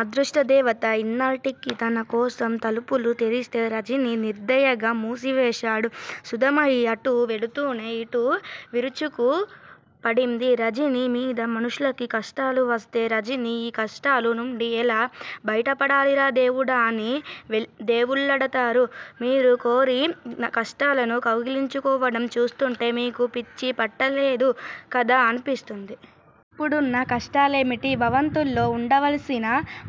అదృష్ట దేవత ఇన్నాల్టికి తన కోసం తలుపులు తెరిస్తే రజనీ నిర్దయగా మూసివేశాడు. సుధమయి అటు వెడుతూనే ఇటు విరుచుకు పడింది రజనీ మీద. మనుషులకి కష్టాలు వస్తే రజనీ ఈ కష్టాల నుండి ఎలా బయటపడాలిరా దేవుడా అని దేవుళ్లడతారు. మీరు కోరి కష్టాలను కౌగిలించుకోవడం చూస్తుంటే మీకు పిచ్చి పట్టలేదు కదా అనిపిస్తుంది! ఇప్పుడున్న కష్టాలేమిటి? భవంతుల్లో వుండవలసినన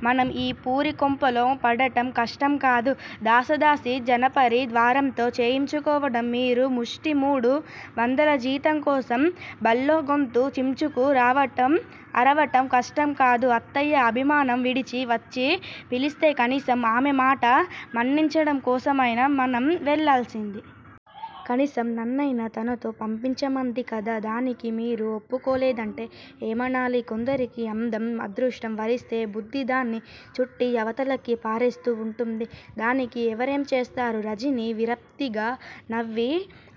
మనం ఈ పూరి కొంపలో పడడం కష్టం కాదూ? దాసదాసీ జనపరి వారంతో చేయించుకోవడం, మీరు ముష్టి మూడు వందల జీతం కోసం బళ్ళో గొంతు చించుకు అరవడం కష్టం కాదూ? అత్తయ్య అభిమానం విడిచి వచ్చి పిలిస్తే కనీసం ఆమె మాట మన్నించడం కోసమైనా మనం వెళ్లాల్సింది! కనీసం నన్నైనా తనతో పంపించమంది కదా, దానికీ మీరు ఒప్పుకోలేదంటే ఏమనాలి? కొందరికి అందం అదృష్టం వరిస్తే బుద్ది దాన్ని చుట్టి అవతలకి పారేస్తూ వుంటుంది. దానికి ఎవరేం చేస్తారు? రజనీ విరక్తిగా నవ్వి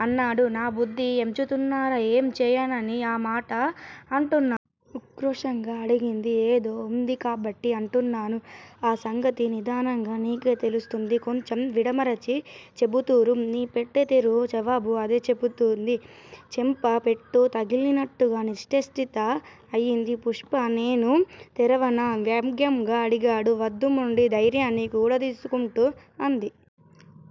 అన్నాడు. నా బుద్ది ఎంచుతున్నారా? ఏం చేశానని ఆ మాట అంటున్నారు? ఉక్రోషంగా అడిగింది. ఏదో ఉంది కాబట్టి అంటున్నాను. ఆ సంగతి నిదానంగా నీకే తెలుస్తుంది! కొంచెం విడమరచి చెబుతూరు! నీ పెట్టె తెరు! జవాబు అదే చెబుతుంది. చెంప పెట్టు తగిలినట్టుగా నిశ్ఛేష్టిత అయింది పుష్ప. నేను తెరవనా? వ్యంగ్యంగా అడిగాడు. వద్దు. మొండి ధైర్యాన్ని కూడదీసుకుంటూ అంది.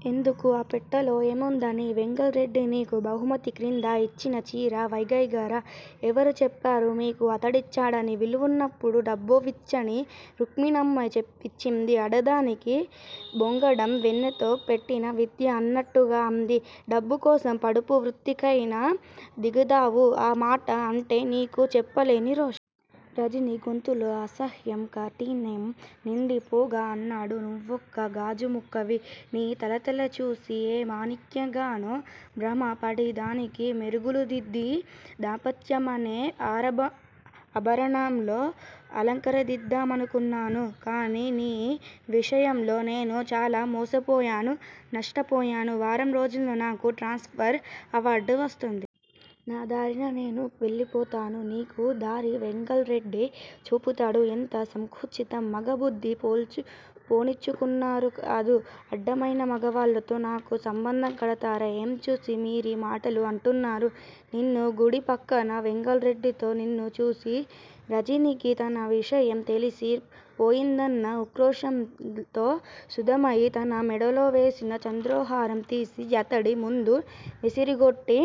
ఎందుకు! ఆ పెట్టెలో ఏముందని? వెంగల్ రెడ్డి నీకు బహుమతి క్రింద ఇచ్చిన చీర, వగైరా! ఎవరు చెప్పారు మీకు అతడిచ్చాడని? విలువన్నప్పుడు డబ్బువ్వొచ్చని రుక్మిణమ్మ ఇచ్చింది ఆడదానికి బొంకడం వెన్నతో పెట్టిన విద్య అన్నట్టుగా అంది. డబ్బు కోసం పడుపు వృత్తికైనా దిగుతావు. ఆ మాట అంటే నీకు చెప్పలేని రోషం. రజనీ గొంతులో అసహ్యం, కాఠిన్యం నిండి పోగా అన్నాడు. నువ్వొక గాజు ముక్కవి. నీ తళతళ చూసి ఏ మాణిక్యంగానో భ్రమ పడి దానికి మెరుగులుదిద్ది దాంపత్యమనే అభరణంలో అలంకరిద్దామనుకున్నాను. కానీ, నీ విషయంలో నేను చాలా మోసపోయాను, నష్టపోయాను. వారంరోజుల్లో నాకు ట్రాన్శ్ ఫర్ అవార్డ్ వస్తుంది. నాదారిన నేను వెళ్లిపోతాను. నీకు దారి వెంగల్ రెడ్డి చూపుతాడు. ఎంత సంకుచితం? మగ బుద్ది పోనిచ్చుకున్నారు గాదు, అడ్డమైన మగవాళ్లతో నాకు సంబంధం కడతారా? ఏం చూసి మీరీ మాటలు అంటున్నారు? నిన్ను గుడి పక్కన వెంగల్ రెడ్డితో నిన్ను చూసి! రజనీకి తన విషయం తెలిసి పోయిందన్న ఉక్రోషంతో సుధమయి తన మెడలో వేసిన చంద్రహారం తీసి అతడి ముందు విసిరికొట్టి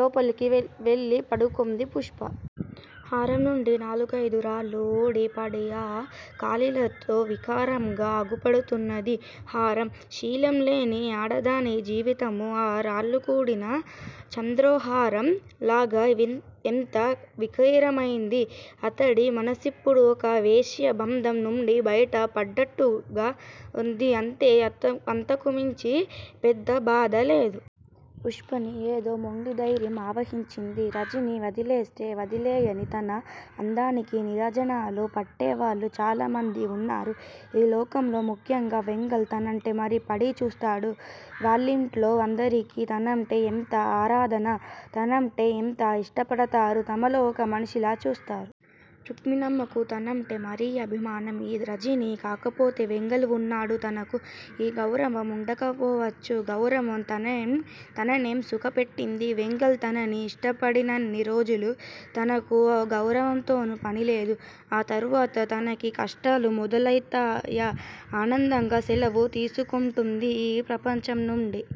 లోపలికి వెళ్లి పడుకొంది పుష్ప. హారంనుండి నాలుగైదు రాళ్లు ఊడి పడి ఆ కాళీలతో వికారంగా అగుపడుతున్నది హారం. శీలం లేని ఆడదాని జీవితమూ ఆ రాళ్లూడిన చంద్రు చంద్రోహారం లాగే ఎంత వికారమైంది. అతడి మనసిప్పుడు ఒక వేశ్య బంధం నుండి బయట పడ్డట్టుగా వుంది. అంతే! అంతకు మించి పెద్ద బాధ లేదు. పుష్పని ఏదో మొండి ధైర్యం ఆవహించింది. రజనీ వదిలేస్తే వదిలేయనీ, తన అందానికి నీరాజనాలు పట్టేవాళ్లు చాలా మంది వున్నారు ఈ లోకంలో. ముఖ్యంగా వెంగల్ తనంటే మరీ పడి చస్తాడు. వాళ్లింట్లో అందరికీ తనంటే ఎంత ఆరాధన! తనంటే ఎంత ఇష్టపడతారు? తమలో ఒక మనిషిలా చూస్తారు. రుక్మిణమ్మ కు తనంటే మరీ అభిమానం. ఈ రజనీ కాకపోతే వెంగల్ వున్నాడు తనకు. ఈ గౌరవం ఉండకపోవచ్చు. గౌరవం తననేం సుఖ పెట్టింది. వెంగల్ తనని ఇష్టపడినన్ని రోజులు తనకు ఓ గౌరవంతోనూ పనిలేదు. ఆ తరువాత తనకి కష్టలు మొదలువతాయా, ఆనందంగా సెలవు తీసుకొంటుంది ఈ ప్రపంచం నుండి.